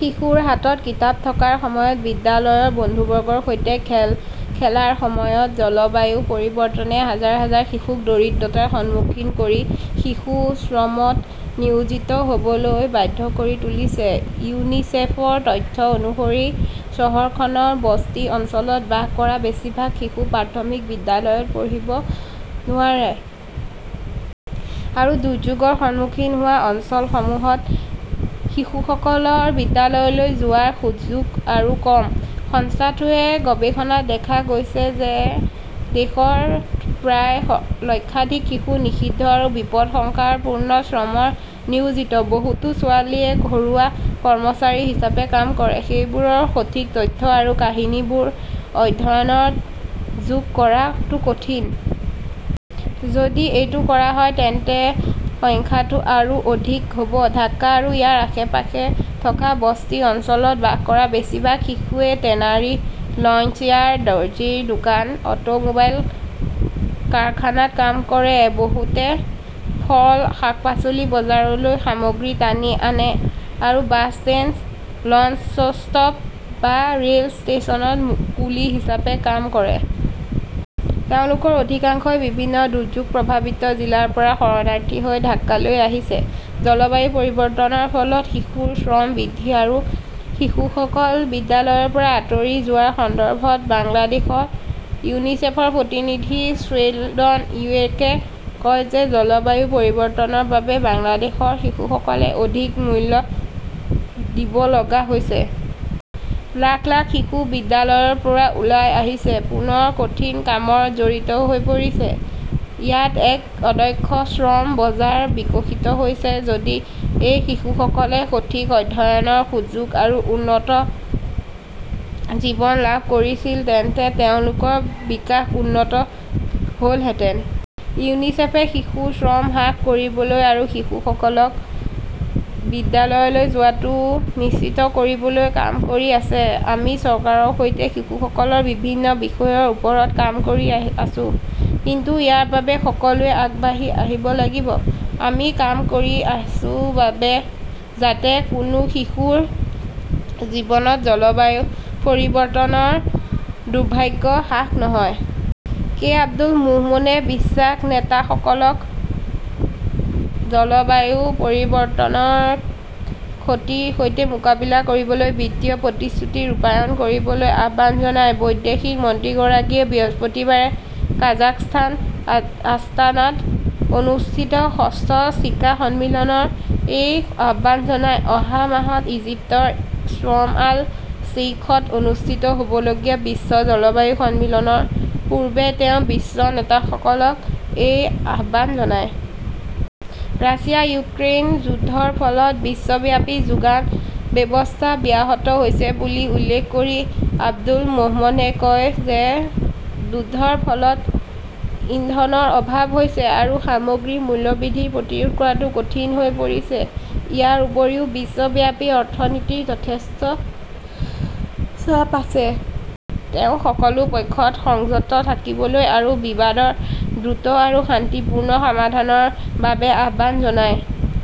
শিশুৰ হাতত কিতাপ থকাৰ সময়ত, বিদ্যালয়ৰ বন্ধুবৰ্গৰ সৈতে খেল খেলাৰ সময়ত, জলবায়ু পৰিৱৰ্তনে হাজাৰ হাজাৰ শিশুক দৰিদ্ৰতাৰ সন্মুখীন কৰি শিশু শ্ৰমত নিয়োজিত হ'বলৈ বাধ্য কৰি তুলিছে। ইউনিচেফৰ তথ্য অনুসৰি, চহৰখনৰ বস্তি অঞ্চলত বাস কৰা বেছিভাগ শিশু প্ৰাথমিক বিদ্যালয়ত পঢ়িব নোৱাৰে। আৰু দুৰ্যোগৰ সন্মুখীন হোৱা অঞ্চলসমূহত শিশুসকলৰ বিদ্যালয়লৈ যোৱাৰ সুযোগ আৰু কম। সংস্থাটোৰ গৱেষণাত দেখা গৈছে যে, দেশত প্ৰায় লক্ষাধিক শিশু নিষিদ্ধ আৰু বিপদাশংকাপূৰ্ণ শ্ৰমত নিয়োজিত। বহুতো ছোৱালীয়ে ঘৰুৱা কৰ্মচাৰী হিচাপে কাম কৰে। সেইবোৰৰ সঠিক তথ্য আৰু কাহিনীবোৰ অধ্যয়নত যোগ কৰাটো কঠিন। যদি এইটো কৰা হয়, তেন্তে সংখ্যাটো আৰু অধিক হ'ব। ঢাকা আৰু ইয়াৰ আশে-পাশে থকা বস্তি অঞ্চলত বাস কৰা বেছিভাগ শিশুৱে টেনাৰী, লঞ্চইয়াৰ্ড, দৰ্জিৰ দোকান, অটোমোবাইল কাৰখানাত কাম কৰে। বহুতে ফল আৰু শাক-পাচলিৰ বজাৰলৈ সামগ্ৰী টানি আনে আৰু বাছ ষ্টেণ্ড, লঞ্চ শ্বট বা ৰেল ষ্টেচনত কুলি হিচাপে কাম কৰে। তেওঁলোকৰ অধিকাংশই বিভিন্ন দুৰ্যোগ প্ৰভাৱিত জিলাৰ পৰা শৰণাৰ্থী হৈ ঢাকালৈ আহিছে। জলবায়ু পৰিৱৰ্তনৰ ফলত শিশুৰ শ্ৰম বৃদ্ধি আৰু শিশুসকল বিদ্যালয়ৰ পৰা আঁতৰি যোৱাৰ সন্দৰ্ভত বাংলাদেশত ইউনিচেফৰ প্ৰতিনিধি শ্বেলডন ইয়েটে কয় যে, জলবায়ু পৰিৱৰ্তনৰ বাবে বাংলাদেশৰ শিশুসকলে অধিক মূল্য দিব লগা হৈছে। লাখ লাখ শিশু বিদ্যালয়ৰ পৰা ওলাই আহিছে, পুনৰ কঠিন কামত জড়িত হৈ পৰিছে। ইয়াত এক অদক্ষ শ্ৰম বজাৰ বিকশিত হৈছে। যদি এই শিশুসকলে সঠিক অধ্যয়নৰ সুযোগ আৰু উন্নত জীৱন লাভ কৰিছিল, তেন্তে তেওঁলোকৰ বিকাশ উন্নত হ'লহেঁতেন। ইউনিছেফে শিশু শ্ৰম হ্ৰাস কৰিবলৈ আৰু শিশুসকলক বিদ্যালয়লৈ যোৱাটো নিশ্চিত কৰিবলৈ কাম কৰি আছে। আমি চৰকাৰৰ সৈতে শিশুসকলৰ বিভিন্ন বিষয়ৰ ওপৰত কাম কৰি আছোঁ। কিন্তু ইয়াৰ বাবে সকলোৱে আগবাঢ়ি আহিব লাগিব। আমি কাম কৰি আছোঁ যাতে কোনো শিশুৰ জীৱনত জলবায়ু পৰিৱৰ্তনৰ দুৰ্ভাগ্য হ্ৰাস নহয়। কে. আব্দুল মোমেনে বিশ্ব নেতাসকলক জলবায়ু পৰিৱৰ্তনৰ ক্ষতিৰ সৈতে মোকাবিলা কৰিবলৈ, বিত্তীয় প্ৰতিশ্ৰুতি ৰূপায়ণ কৰিবলৈ আহ্বান জনায়। বৈদেশিক মন্ত্ৰীগৰাকীয়ে বৃহস্পতিবাৰে কাজাখস্তানৰ আস্তানাত অনুষ্ঠিত ষষ্ঠ চিকা সন্মিলনত এই আহ্বান জনায়। অহা মাহত ইজিপ্তৰ শৰ্ম আল শ্বেইখত অনুষ্ঠিত হ'বলগীয়া বিশ্ব জলবায়ু সন্মিলনৰ পূৰ্বে তেওঁ বিশ্ব নেতাসকলক এই আহ্বান জনায়। ৰাছিয়া-ইউক্ৰেইন যুদ্ধৰ ফলত বিশ্বব্যাপী যোগান ব্যৱস্থা ব্যাহত হৈছে বুলি উল্লেখ কৰি আব্দুল মোমেনে কয় যে, যুদ্ধৰ ফলত ইন্ধনৰ অভাৱ হৈছে আৰু সামগ্ৰীৰ মূল্য বৃদ্ধি প্ৰতিৰোধ কৰাটো কঠিন হৈ পৰিছে। ইয়াৰ উপৰিও, বিশ্বব্যাপী অৰ্থনীতিৰ ওপৰত যথেষ্ট চাপ আছে। তেওঁ সকলো পক্ষক সংযত থাকিবলৈ আৰু বিবাদৰ দ্ৰুত আৰু শান্তিপূৰ্ণ সমাধানৰ বাবে আহ্বান জনায়।